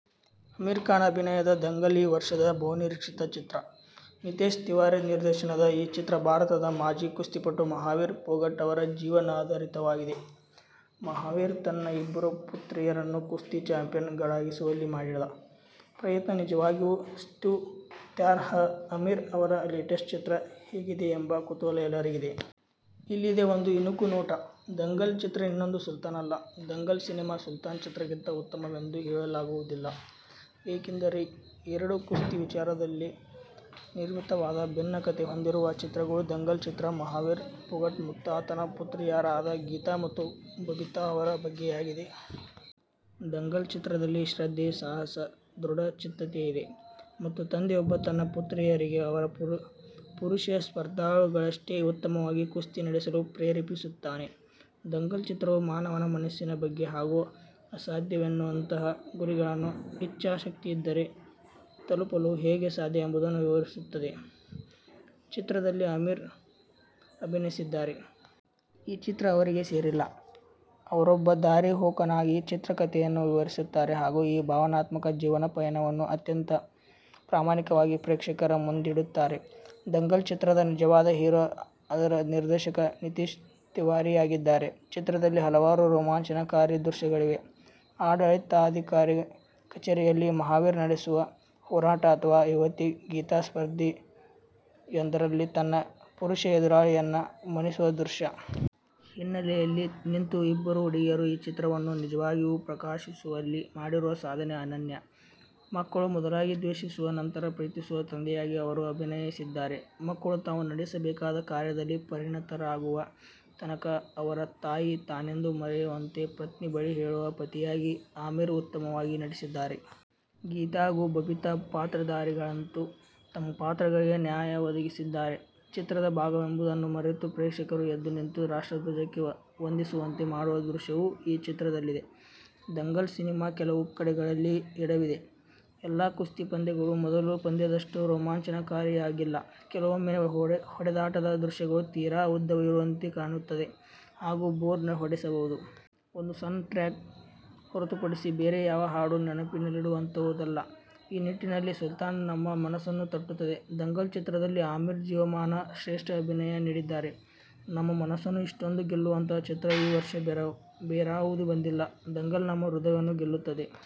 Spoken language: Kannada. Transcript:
ಆಮಿರ್ ಖಾನ್ ಅಭಿನಯದ ದಂಗಲ್ ಈ ವರ್ಷದ ಬಹುನಿರೀಕ್ಷಿತ ಚಿತ್ರ. ನಿತೇಶ್ ತಿವಾರಿ ನಿರ್ದೇಶನದ ಈ ಚಿತ್ರ ಭಾರತದ ಮಾಜಿ ಕುಸ್ತಿಪಟು ಮಹಾವೀರ್ ಫೋಗಟ್ ಅವರ ಜೀವನಾಧರಿತವಾಗಿದೆ. ಮಹಾವೀರ್ ತನ್ನ ಇಬ್ಬರು ಪುತ್ರಿಯರನ್ನು ಕುಸ್ತಿ ಚಾಂಪಿಯನ್ ಗಳಾಗಿಸುವಲ್ಲಿ ಮಾಡಿದ ಪ್ರಯತ್ನ ನಿಜವಾಗಿಯೂ ಸ್ತುತ್ಯಾರ್ಹ. ಆಮಿರ್ ಅವರ ಲೇಟೆಸ್ಟ್ ಚಿತ್ರ ಹೇಗಿದೆಯೆಂಬ ಕುತೂಹಲ ಎಲ್ಲರಿಗಿದೆ. ಇಲ್ಲಿದೆ ಒಂದು ಇಣುಕು ನೋಟ. ದಂಗಲ್ ಚಿತ್ರ ಇನ್ನೊಂದು ಸುಲ್ತಾನ್ ಅಲ್ಲ. ದಂಗಲ್ ಸಿನೆಮಾ ಸುಲ್ತಾನ್ ಚಿತ್ರಕ್ಕಿಂತ ಉತ್ತಮವೆಂದೂ ಹೇಳಲಾಗುವುದಿಲ್ಲ. ಏಕೆಂದರೆ ಎರಡೂ ಕುಸ್ತಿ ವಿಚಾರದಲ್ಲೇ ನಿರ್ಮಿತವಾದ ಭಿನ್ನ ಕಥೆ ಹೊಂದಿರುವ ಚಿತ್ರಗಳು. ದಂಗಲ್ ಚಿತ್ರ ಮಹಾವೀರ್ ಫೋಗಟ್ ಮತ್ತಾತನ ಪುತ್ರಿಯರಾದ ಗೀತಾ ಮತ್ತು ಬಬಿತಾ ಅವರ ಬಗ್ಗೆಯಾಗಿದೆ. ದಂಗಲ್ ಚಿತ್ರದಲ್ಲಿ ಶ್ರದ್ಧೆ, ಸಾಹಸ, ದೃಢಚಿತ್ತತೆಯಿದೆ ಮತ್ತು ತಂದೆಯೊಬ್ಬ ತನ್ನ ಪುತ್ರಿಯರಿಗೆ ಅವರ ಪುರುಷ ಸ್ಪರ್ಧಾಳುಗಳಷ್ಟೇ ಉತ್ತಮವಾಗಿ ಕುಸ್ತಿ ನಡೆಸಲು ಪ್ರೇರೇಪಿಸುತ್ತಾನೆ. ದಂಗಲ್ ಚಿತ್ರವು ಮಾನವನ ಮನಸ್ಸಿನ ಬಗ್ಗೆ ಹಾಗೂ ಅಸಾಧ್ಯವೆನ್ನುವಂತಹ ಗುರಿಗಳನ್ನು ಇಚ್ಛಾಶಕ್ತಿಯಿದ್ದರೆ ತಲುಪಲು ಹೇಗೆ ಸಾಧ್ಯ ಎಂಬುದನ್ನು ವಿವರಿಸುತ್ತದೆ. ಚಿತ್ರದಲ್ಲಿ ಆಮಿರ್ ಅಭಿನಯಿಸಿದ್ದಾರೆ. ಈ ಚಿತ್ರ ಅವರಿಗೆ ಸೇರಿಲ್ಲ. ಅವರೊಬ್ಬ ದಾರಿಹೋಕನಾಗಿ ಚಿತ್ರ ಕತೆಯನ್ನು ವಿವರಿಸುತ್ತಾರೆ ಹಾಗೂ ಈ ಭಾವನಾತ್ಮಕ ಜೀವನ ಪಯಣವನ್ನು ಅತ್ಯಂತ ಪ್ರಾಮಾಣಿಕವಾಗಿ ಪ್ರೇಕ್ಷಕರ ಮುಂದಿಡುತ್ತಾರೆ. ದಂಗಲ್ ಚಿತ್ರದ ನಿಜವಾದ ಹೀರೋ ಅದರ ನಿರ್ದೇಶಕ ನಿತೇಶ್ ತಿವಾರಿಯಾಗಿದ್ದಾರೆ. ಚಿತ್ರದಲ್ಲಿ ಹಲವಾರು ರೋಮಾಂಚನಕಾರಿ ದೃಶ್ಯಗಳಿವೆ. ಆಡಳಿತಾಧಿಕಾರಿ ಕಚೇರಿಯಲ್ಲಿ ಮಹಾವೀರ್ ನಡೆಸುವ ಹೋರಾಟ ಅಥವಾ ಯುವತಿ ಗೀತಾ ಸ್ಪರ್ಧೆಯೊಂದರಲ್ಲಿ ತನ್ನ ಪುರುಷ ಎದುರಾಳಿಯನ್ನ ಮಣಿಸುವ ದೃಶ್ಯ. ಹಿನ್ನೆಲೆಯಲ್ಲಿ ನಿಂತು ಇಬ್ಬರು ಹುಡುಗಿಯರು ಈ ಚಿತ್ರವನ್ನು ನಿಜವಾಗಿಯೂ ಪ್ರಕಾಶಿಸುವಲ್ಲಿ ಮಾಡಿರುವ ಸಾಧನೆ ಅನನ್ಯ. ಮಕ್ಕಳು ಮೊದಲಾಗಿ ದ್ವೇಷಿಸುವ ನಂತರ ಪ್ರೀತಿಸುವ ತಂದೆಯಾಗಿ ಅವರು ಅಭಿನಯಿಸಿದ್ದಾರೆ. ಮಕ್ಕಳು ತಾವು ನಡೆಸಬೇಕಾದ ಕಾರ್ಯದಲ್ಲಿ ಪರಿಣತರಾಗುವ ತನಕ ಅವರ ತಾಯಿ ತಾನೆಂದು ಮರೆಯುವಂತೆ ಪತ್ನಿ ಬಳಿ ಹೇಳುವ ಪತಿಯಾಗಿ ಆಮಿರ್ ಉತ್ತಮವಾಗಿ ನಟಿಸಿದ್ದಾರೆ. ಗೀತಾ ಹಾಗೂ ಬಬಿತಾ ಪಾತ್ರಧಾರಿಗಳಂತೂ ತಮ್ಮ ಪಾತ್ರಗಳಿಗೆ ನ್ಯಾಯ ಒದಗಿಸಿದ್ದಾರೆ. ಚಿತ್ರದ ಭಾಗವೆಂಬುದನ್ನು ಮರೆತು ಪ್ರೇಕ್ಷಕರು ಎದ್ದು ನಿಂತು ರಾಷ್ಟ್ರಧ್ವಜಕ್ಕೆ ವಂದಿಸುವಂತೆ ಮಾಡುವ ದೃಶ್ಯವೂ ಈ ಚಿತ್ರದಲ್ಲಿದೆ. ದಂಗಲ್ ಸಿನೆಮಾ ಕೆಲವು ಕಡೆಗಳಲ್ಲಿ ಎಡವಿದೆ. ಎಲ್ಲಾ ಕುಸ್ತಿ ಪಂದ್ಯಗಳೂ ಮೊದಲ ಪಂದ್ಯದಷ್ಟು ರೋಮಾಂಚನಕಾರಿಯಾಗಿಲ್ಲ. ಕೆಲವೊಮ್ಮೆ ಹೊಡೆದಾಟದ ದೃಶ್ಯಗಳು ತೀರಾ ಉದ್ದವಿರುವಂತೆ ಕಾಣುತ್ತದೆ ಹಾಗೂ ಬೋರ್ ಹೊಡೆಸಬಹುದು. ಒಂದು ಸಣ್ಣ ಟ್ರ್ಯಾಕ್ ಹೊರತುಪಡಿಸಿ ಬೇರೆ ಯಾವ ಹಾಡೂ ನೆನಪಿನಲ್ಲಿಡುವಂತಹುದಲ್ಲ. ಈ ನಿಟ್ಟಿನಲ್ಲಿ ಸುಲ್ತಾನ್ ನಮ್ಮ ಮನಸ್ಸನ್ನು ತಟ್ಟುತ್ತದೆ. ದಂಗಲ್ ಚಿತ್ರದಲ್ಲಿ ಆಮಿರ್ ಜೀವಮಾನ ಶ್ರೇಷ್ಠ ಅಭಿನಯ ನೀಡಿದ್ದಾರೆ. ನಮ್ಮ ಮನಸ್ಸನ್ನು ಇಷ್ಟೊಂದು ಗೆಲ್ಲುವಂತಹ ಚಿತ್ರ ಈ ವರ್ಷ ಬೇರಾವುದೂ ಬಂದಿಲ್ಲ. ದಂಗಲ್ ನಮ್ಮ ಹೃದಯವನ್ನು ಗೆಲ್ಲುತ್ತದೆ.